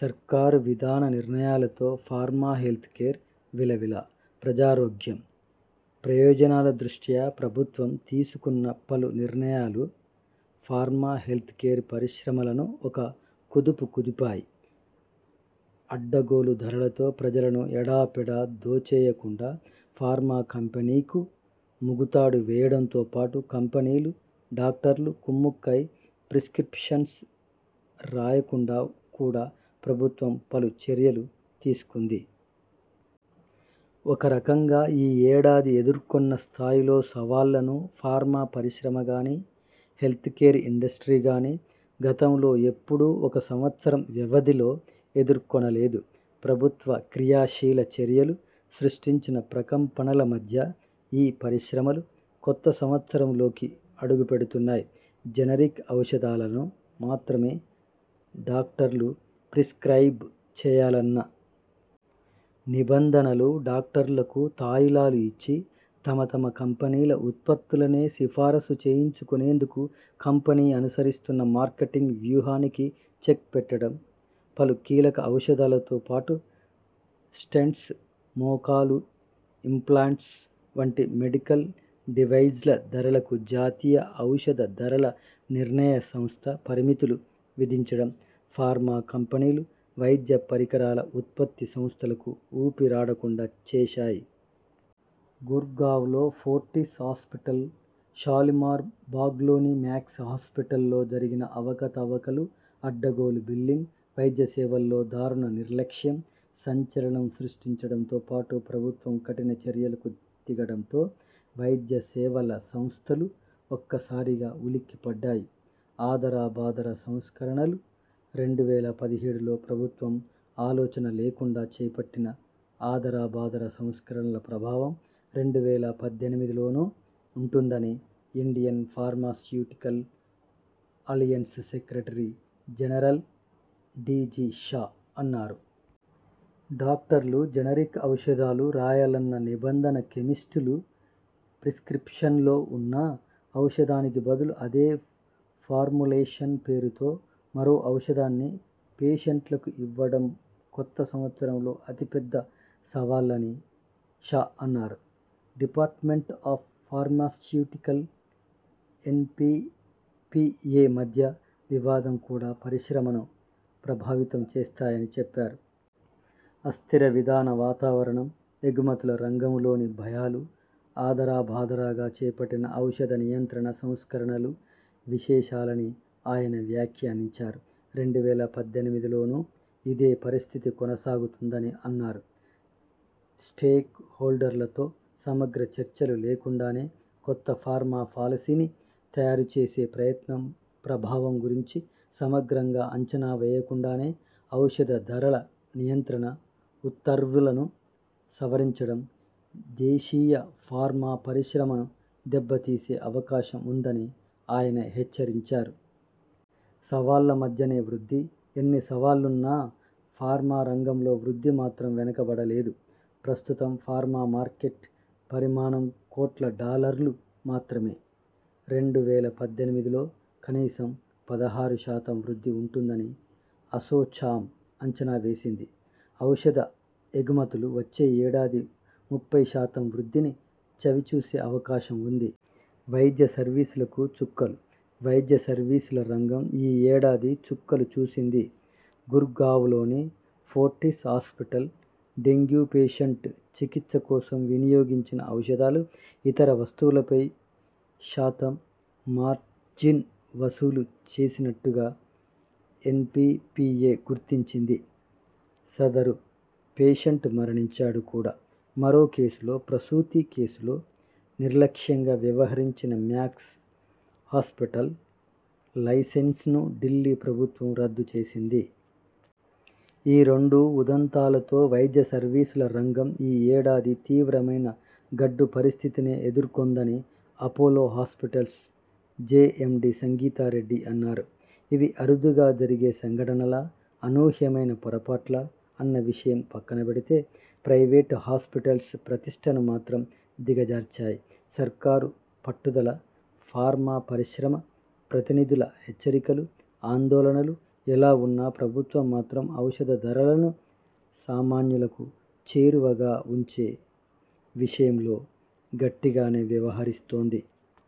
సర్కారు విధాన నిర్ణయాలతో ఫార్మా, హెల్త్కేర్ విలవిలప్రజారోగ్యం, ప్రయోజనాల దృష్ట్యా ప్రభుత్వం తీసుకున్న పలు నిర్ణయాలు ఫార్మా, హెల్త్కేర్ పరిశ్రమలను ఒక కుదుపు కుదిపాయి. అడ్డగోలు ధరలతో ప్రజలను ఎడాపెడా దోచేయకుండా ఫార్మా కంపెనీకు ముగుతాడు వేయడంతోపాటు, కంపెనీలు డాక్టర్లు కుమ్మక్కై ప్రిస్కిప్షన్స్ రాయకుండా కూడా ప్రభుత్వం పలు చర్యలు తీసుకుంది. ఒకరకంగా ఈ ఏడాది ఎదుర్కొన్న స్థాయిలో సవాళ్లను ఫార్మా పరిశ్రమగానీ, హెల్త్కేర్ ఇండస్ట్రీగానీ గతంలో ఎప్పుడూ ఒక సంవత్సరం వ్యవధిలో ఎదుర్కొనలేదు. ప్రభుత్వ క్రియాశీల చర్యలు సృష్టించిన ప్రకంపనల మధ్య ఈ పరిశ్రమలు కొత్త సంవత్సరంలోకి అడుగుపెడుతున్నాయి. జనరిక్ ఔషధాలను మాత్రమే డాక్టర్లు ప్రిస్క్రయిబ్ చేయాలన్న నిబంధనలు, డాక్టర్లకు తాయిలాలు ఇచ్చి తమ తమ కంపెనీల ఉత్పత్తులనే సిఫారసు చేయించుకునేందుకు కంపెనీ అనుసరిస్తున్న మార్కెటింగ్ వ్యూహానికి చెక్ పెట్టడం, పలు కీలక ఔషధాలతో పాటు స్టెంట్స్, మోకాలు ఇంప్లాంట్స్ వంటి మెడికల్ డివైజ్ల ధరలకు జాతీయ ఔషధ ధరల నిర్ణయ సంస్థ పరిమితులు విధించడం ఫార్మా కంపెనీలు, వైద్య పరికరాల ఉత్పత్తి సంస్థలకు ఊపిరాడకుండా చేశాయి. గుర్గావ్లో ఫోర్టిస్ హాస్పిటల్, షాలిమార్ భాగ్లోని మాక్స్ హాస్పిటల్లో జరిగిన అవకతవకలు, అడ్డగోలు బిల్లింగ్, వైద్యసేవల్లో దారుణ నిర్లక్ష్యం సంచలనం సృష్టించడంతోపాటు ప్రభుత్వం కఠిన చర్యలకు తిగడంతో వైద్యసేవల సంస్థలు ఒక్కసారిగా ఉలిక్కిపడ్డాయి. ఆదరబాదర సంస్కరణలు రెండు వేల పదిహేడులో ప్రభుత్వం ఆలోచనలేకుండా చేపట్టిన ఆదరబాదర సంస్కరణల ప్రభావం రెండు వేల పద్దెనిమిదిలోనూ ఉంటుందని Indian pharmaceutical alliance secretary general D G Shah అన్నారు. డాక్టర్లు జనరిక్ ఔషధాలు రాయాలన్న నిబంధన, కెమిస్టులు ప్రిస్ర్కిప్షన్లో ఉన్న ఔషధానికి బదులు అదే ఫార్ములేషన్ పేరుతో మరో ఔషధాన్ని పేషెంట్లకు ఇవ్వడంకొత్త సంవత్సరంలో అతి పెద్ద సవాళ్లని షా అన్నారు. డిపార్ట్మెంట్ ఆఫ్ ఫార్మాస్యూటికల్స్, ఎన్పిపిఎ మధ్య వివాదం కూడా పరిశ్రమను ప్రభావితం చేస్తాయని చెప్పారు. అస్థిర విధాన వాతావరణం, ఎగుమతుల రంగంలోని భయాలు, ఆదరబాదరాగా చేపట్టిన ఔషధ నియంత్రణ సంస్కరణలు విశేషాలని ఆయన వ్యాఖ్యానించారు. రెండు వేల పద్దెనిమిదిలోనూ ఇదే పరిస్థితి కొనసాగుతుందని అన్నారు. స్టేక్ హోల్డర్లతో సమగ్ర చర్చలు లేకుండానే కొత్త ఫార్మా పాలసీని తయారు చేసే ప్రయత్నం, ప్రభావం గురించి సమగ్రంగా అంచనావేయకుండానే ఔషధ ధరల నియంత్రణ ఉత్తర్వులను సవరించడం దేశీయ ఫార్మా పరిశ్రమను దెబ్బతీసే అవకాశం ఉందని ఆయన హెచ్చరించారు. సవాళ్లమధ్యనే వృద్ధి.. ఎన్ని సవాళ్లున్నా ఫార్మా రంగంలో వృద్ధి మాత్రం వెనకబడలేదు. ప్రస్తుతం ఫార్మా మార్కెట్ పరిమాణం కోట్ల డాలర్లు మాత్రమే. రెండు వేల పద్దెనిమిదిలో కనీసం పదహారు శాతం వృద్ధి ఉంటుందని అసోచామ్ అంచనావేసింది. ఔషధ ఎగుమతులు వచ్చే ఏడాది ముప్పై శాతం వృద్ధిని చవిచూసే అవకాశం ఉంది. వైద్య సర్వీసులకు చుక్కలు వైద్య సర్వీసుల రంగం ఈ ఏడాది చుక్కలు చూసింది. గుర్గావ్లోని ఫోర్టిస్ హాస్పిటల్ డెంగ్యూ పేషెంట్ చికిత్స కోసం వినియోగించిన ఔషధాలు, ఇతర వస్తువులపై శాతం మార్జిన్ వసూలు చేసినట్టుగా ఎన్పిపిఎ గుర్తించింది. సద రు పేషెంట్ మరణించాడు కూడా. మరో కేసులో ప్రసూతి కేసులో నిర్లక్ష్యంగా వ్యవహరించిన మాక్స్ హాస్పిటల్ లైసెన్స్ను ఢిల్లీ ప్రభుత్వం రద్దు చేసింది. ఈ రెండు ఉదంతాలతో వైద్య సర్వీసుల రంగం ఈ ఏడాది తీవ్రమైన గడ్డు పరిస్థితినే ఎదుర్కొందని Apollo hospitals JMD Sangita Reddy అన్నారు. ఇవి అరుదుగా జరిగే సంఘటనలా, అనూహ్యమైన పొరపాట్లా అన్న విషయం పక్కనబెడితే ప్రైవేట్ హాస్పిటల్స్ ప్రతిష్ఠను మాత్రం దిగజార్చాయి. సర్కారు పట్టుదలఫార్మా పరిశ్రమ, ప్రతినిధుల హెచ్చరికలు, ఆందోళనలు ఎలా ఉన్నా ప్రభుత్వం మాత్రం ఔషధ ధరలను సామాన్యులకు చేరువగా ఉంచే విషయంలో గట్టిగానే వ్యవహరిస్తోంది.